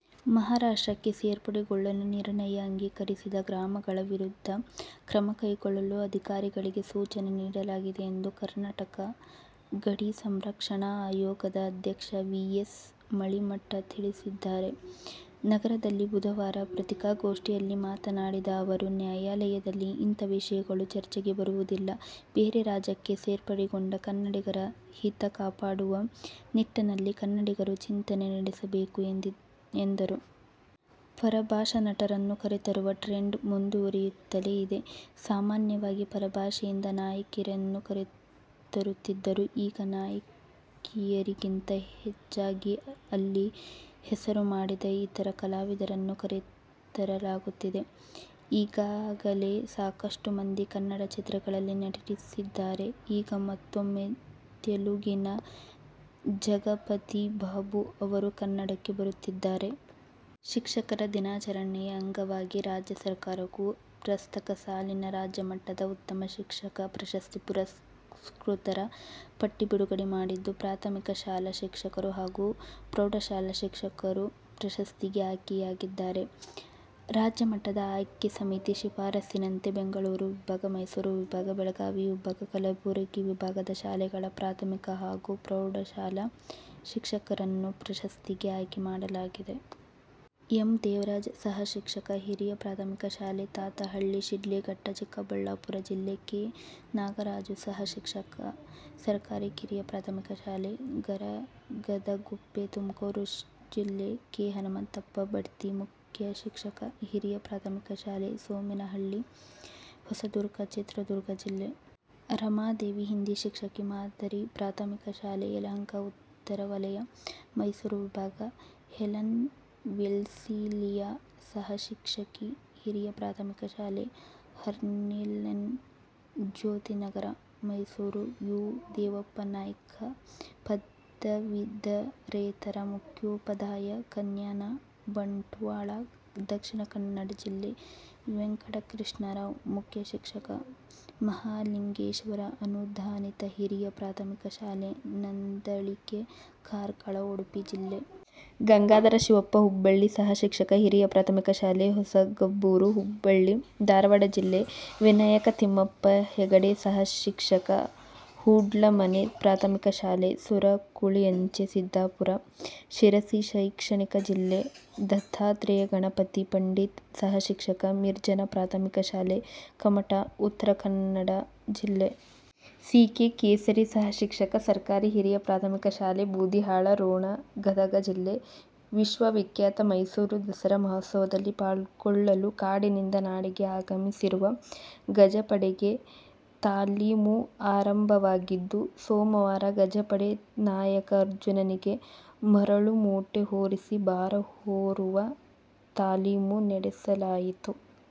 ಮಹಾರಾಷ್ಟ್ರಕ್ಕೆ ಸೇರ್ಪಡೆಗೊಳ್ಳಲು ನಿರ್ಣಯ ಅಂಗೀಕರಿಸಿದ ಗ್ರಾಮಗಳ ವಿರುದ್ಧ ಕ್ರಮ ಕೈಗೊಳ್ಳಲು ಅಧಿಕಾರಿಗಳಿಗೆ ಸೂಚನೆ ನೀಡಲಾಗಿದೆ ಎಂದು ಕರ್ನಾಟಕ ಗಡಿ ಸಂರಕ್ಷಣಾ ಆಯೋಗದ ಅಧ್ಯಕ್ಷ ವಿ. ಎಸ್. ಮಳಿಮಠ ತಿಳಿಸಿದ್ದಾರೆ. ನಗರದಲ್ಲಿ ಬುಧವಾರ ಪತ್ರಿಕಾಗೋಷ್ಠಿಯಲ್ಲಿ ಮಾತನಾಡಿದ ಅವರು, ನ್ಯಾಯಾಲಯದಲ್ಲಿ ಇಂಥ ವಿಷಯಗಳು ಚರ್ಚೆಗೆ ಬರುವುದಿಲ್ಲ. ಬೇರೆ ರಾಜ್ಯಕ್ಕೆ ಸೇರ್ಪಡೆಗೊಂಡ ಕನ್ನಡಿಗರ ಹಿತ ಕಾಪಾಡುವ ನಿಟ್ಟಿನಲ್ಲಿ ಕನ್ನಡಿಗರು ಚಿಂತನೆ ನಡೆಸಬೇಕು ಎಂದರು. ಪರಭಾಷಾ ನಟರನ್ನು ಕರೆತರುವ ಟ್ರೆಂಡ್ ಮುಂದುವರೆಯುತ್ತಲೇ ಇದೆ. ಸಾಮಾನ್ಯವಾಗಿ ಪರಭಾಷೆಯಿಂದ ನಾಯಕಿಯರನ್ನು ಕರೆತರುತ್ತಿದ್ದರು. ಈಗ ನಾಯಕಿಯರಿಗಿಂತ ಹೆಚ್ಚಾಗಿ ಅಲ್ಲಿ ಹೆಸರು ಮಾಡಿದ ಇತರ ಕಲಾವಿದರನ್ನು ಕರೆತರಲಾಗುತ್ತಿದೆ. ಈಗಾಗಲೇ ಸಾಕಷ್ಟು ಮಂದಿ ಕನ್ನಡ ಚಿತ್ರಗಳಲ್ಲಿ ನಟಿಸಿದ್ದಾರೆ. ಈಗ ಮತ್ತೂಮ್ಮೆ ತೆಲುಗಿನ ಜಗಪತಿ ಬಾಬು ಅವರು ಕನ್ನಡಕ್ಕೆ ಬರುತ್ತಿದ್ದಾರೆ. ಶಿಕ್ಷಕರ ದಿನಾಚರಣೆ ಅಂಗವಾಗಿ ರಾಜ್ಯ ಸರ್ಕಾರವು ಪ್ರಸಕ್ತ ಸಾಲಿನ ರಾಜ್ಯಮಟ್ಟದ ಉತ್ತಮ ಶಿಕ್ಷಕ ಪ್ರಶಸ್ತಿ ಪುರಸ್ಕೃತರ ಪಟ್ಟಿ ಬಿಡುಗಡೆ ಮಾಡಿದ್ದು, ಪ್ರಾಥಮಿಕ ಶಾಲಾ ಶಿಕ್ಷಕರು ಹಾಗೂ ಪ್ರೌಢಶಾಲಾ ಶಿಕ್ಷಕರು ಪ್ರಶಸ್ತಿಗೆ ಆಯ್ಕೆಯಾಗಿದ್ದಾರೆ. ರಾಜ್ಯ ಮಟ್ಟದ ಆಯ್ಕೆ ಸಮಿತಿ ಶಿಫಾರಸಿನಂತೆ ಬೆಂಗಳೂರು ವಿಭಾಗ, ಮೈಸೂರು ವಿಭಾಗ, ಬೆಳಗಾವಿ ವಿಭಾಗ, ಕಲಬುರಗಿ ವಿಭಾಗದ ಶಾಲೆಗಳ ಪ್ರಾಥಮಿಕ ಹಾಗೂ ಪ್ರೌಢಶಾಲಾ ಶಿಕ್ಷಕರನ್ನು ಪ್ರಶಸ್ತಿಗೆ ಆಯ್ಕೆ ಮಾಡಲಾಗಿದೆ. ಎಂ. ದೇವರಾಜ್- ಸಹ ಶಿಕ್ಷಕ, ಹಿರಿಯ ಪ್ರಾಥಮಿಕ ಶಾಲೆ, ತಾತಹಳ್ಳಿ, ಶಿಡ್ಲಘಟ್ಟ, ಚಿಕ್ಕಬಳ್ಳಾಪುರ ಜಿಲ್ಲೆ. ಕೆ. ನಾಗರಾಜು- ಸಹ ಶಿಕ್ಷಕ, ಸರ್ಕಾರಿ ಕಿರಿಯ ಪ್ರಾಥಮಿಕ ಶಾಲೆ, ಗರಗದಗುಪ್ಪೆ, ತುಮಕೂರು ಜಿಲ್ಲೆ. ಕೆ. ಹನುಮಂತಪ್ಪ- ಬಡ್ತಿ ಮುಖ್ಯ ಶಿಕ್ಷಕ, ಹಿರಿಯ ಪ್ರಾಥಮಿಕ ಶಾಲೆ, ಸೋಮೇನಹಳ್ಳಿ, ಹೊಸದುರ್ಗ, ಚಿತ್ರದುರ್ಗ ಜಿಲ್ಲೆ. ರಮಾದೇವಿ- ಹಿಂದಿ ಶಿಕ್ಷಕಿ, ಮಾದರಿ ಪ್ರಾಥಮಿಕ ಶಾಲೆ, ಯಲಹಂಕ ಉತ್ತರ ವಲಯ. ಮೈಸೂರು ವಿಭಾಗ: ಹೆಲನ್ ವೆಲ್ಸಿಲೀಯ- ಸಹ ಶಿಕ್ಷಕಿ, ಹಿರಿಯ ಪ್ರಾಥಮಿಕ ಶಾಲೆ, ಹಾರ್ಲೇನ್ ಜ್ಯೋತಿನಗರ, ಮೈಸೂರು. ಯು. ದೇವಪ್ಪನಾಯ್ಕ- ಪದವೀಧರೇತರ ಮುಖ್ಯೋಪಾಧ್ಯಾಯ, ಕನ್ಯಾನ, ಬಂಟ್ವಾಳ, ದಕ್ಷಿಣ ಕನ್ನಡ ಜಿಲ್ಲೆ. ವೆಂಕಟಕೃಷ್ಣರಾವ್- ಮುಖ್ಯ ಶಿಕ್ಷಕ, ಮಹಾಲಿಂಗೇಶ್ವರ ಅನುದಾನಿತ ಹಿರಿಯ ಪ್ರಾಥಮಿಕ ಶಾಲೆ, ನಂದಳಿಕೆ, ಕಾರ್ಕಳ, ಉಡುಪಿ ಜಿಲ್ಲೆ. ಗಂಗಾಧರ ಶಿವಪ್ಪ ಹುಬ್ಬಳ್ಳಿ- ಸಹ ಶಿಕ್ಷಕ, ಹಿರಿಯ ಪ್ರಾಥಮಿಕ ಶಾಲೆ, ಹೊಸಗಬ್ಬೂರು, ಹುಬ್ಬಳ್ಳಿ, ಧಾರವಾಡ ಜಿಲ್ಲೆ. ವಿನಾಯಕ ತಿಮ್ಮಪ್ಪ ಹೆಗಡೆ- ಸಹ ಶಿಕ್ಷಕ, ಹೂಡ್ಲಮನೆ ಪ್ರಾಥಮಿಕ ಶಾಲೆ, ಸರಕುಳಿ ಅಂಚೆ, ಸಿದ್ದಾಪುರ, ಶಿರಸಿ ಶೈಕ್ಷಣಿಕ ಜಿಲ್ಲೆ. ದತ್ತಾತ್ರೇಯ ಗಣಪತಿ ಪಂಡಿತ- ಸಹ ಶಿಕ್ಷಕ, ಮಿರ್ಜಾನ ಪ್ರಾಥಮಿಕ ಶಾಲೆ, ಕುಮಟಾ, ಉತ್ತರ ಕನ್ನಡ ಜಿಲ್ಲೆ. ಸಿ. ಕೆ. ಕೇಸರಿ- ಸಹ ಶಿಕ್ಷಕ, ಸರ್ಕಾರಿ ಹಿರಿಯ ಪ್ರಾಥಮಿಕ ಶಾಲೆ, ಬೂದಿಹಾಳ, ರೋಣ, ಗದಗ ಜಿಲ್ಲೆ. ವಿಶ್ವ ವಿಖ್ಯಾತ ಮೈಸೂರು ದಸರಾ ಮಹೋತ್ಸವದಲ್ಲಿ ಪಾಲ್ಗೊಳ್ಳಲು ಕಾಡಿನಿಂದ ನಾಡಿಗೆ ಆಗಮಿಸಿರುವ ಗಜಪಡೆಗೆ ತಾಲೀಮು ಆರಂಭವಾಗಿದ್ದು, ಸೋಮವಾರ ಗಜಪಡೆ ನಾಯಕ ಅರ್ಜುನನಿಗೆ ಮರಳು ಮೂಟೆ ಹೊರಿಸಿ ಭಾರ ಹೊರುವ ತಾಲೀಮು ನಡೆಸಲಾಯಿತು.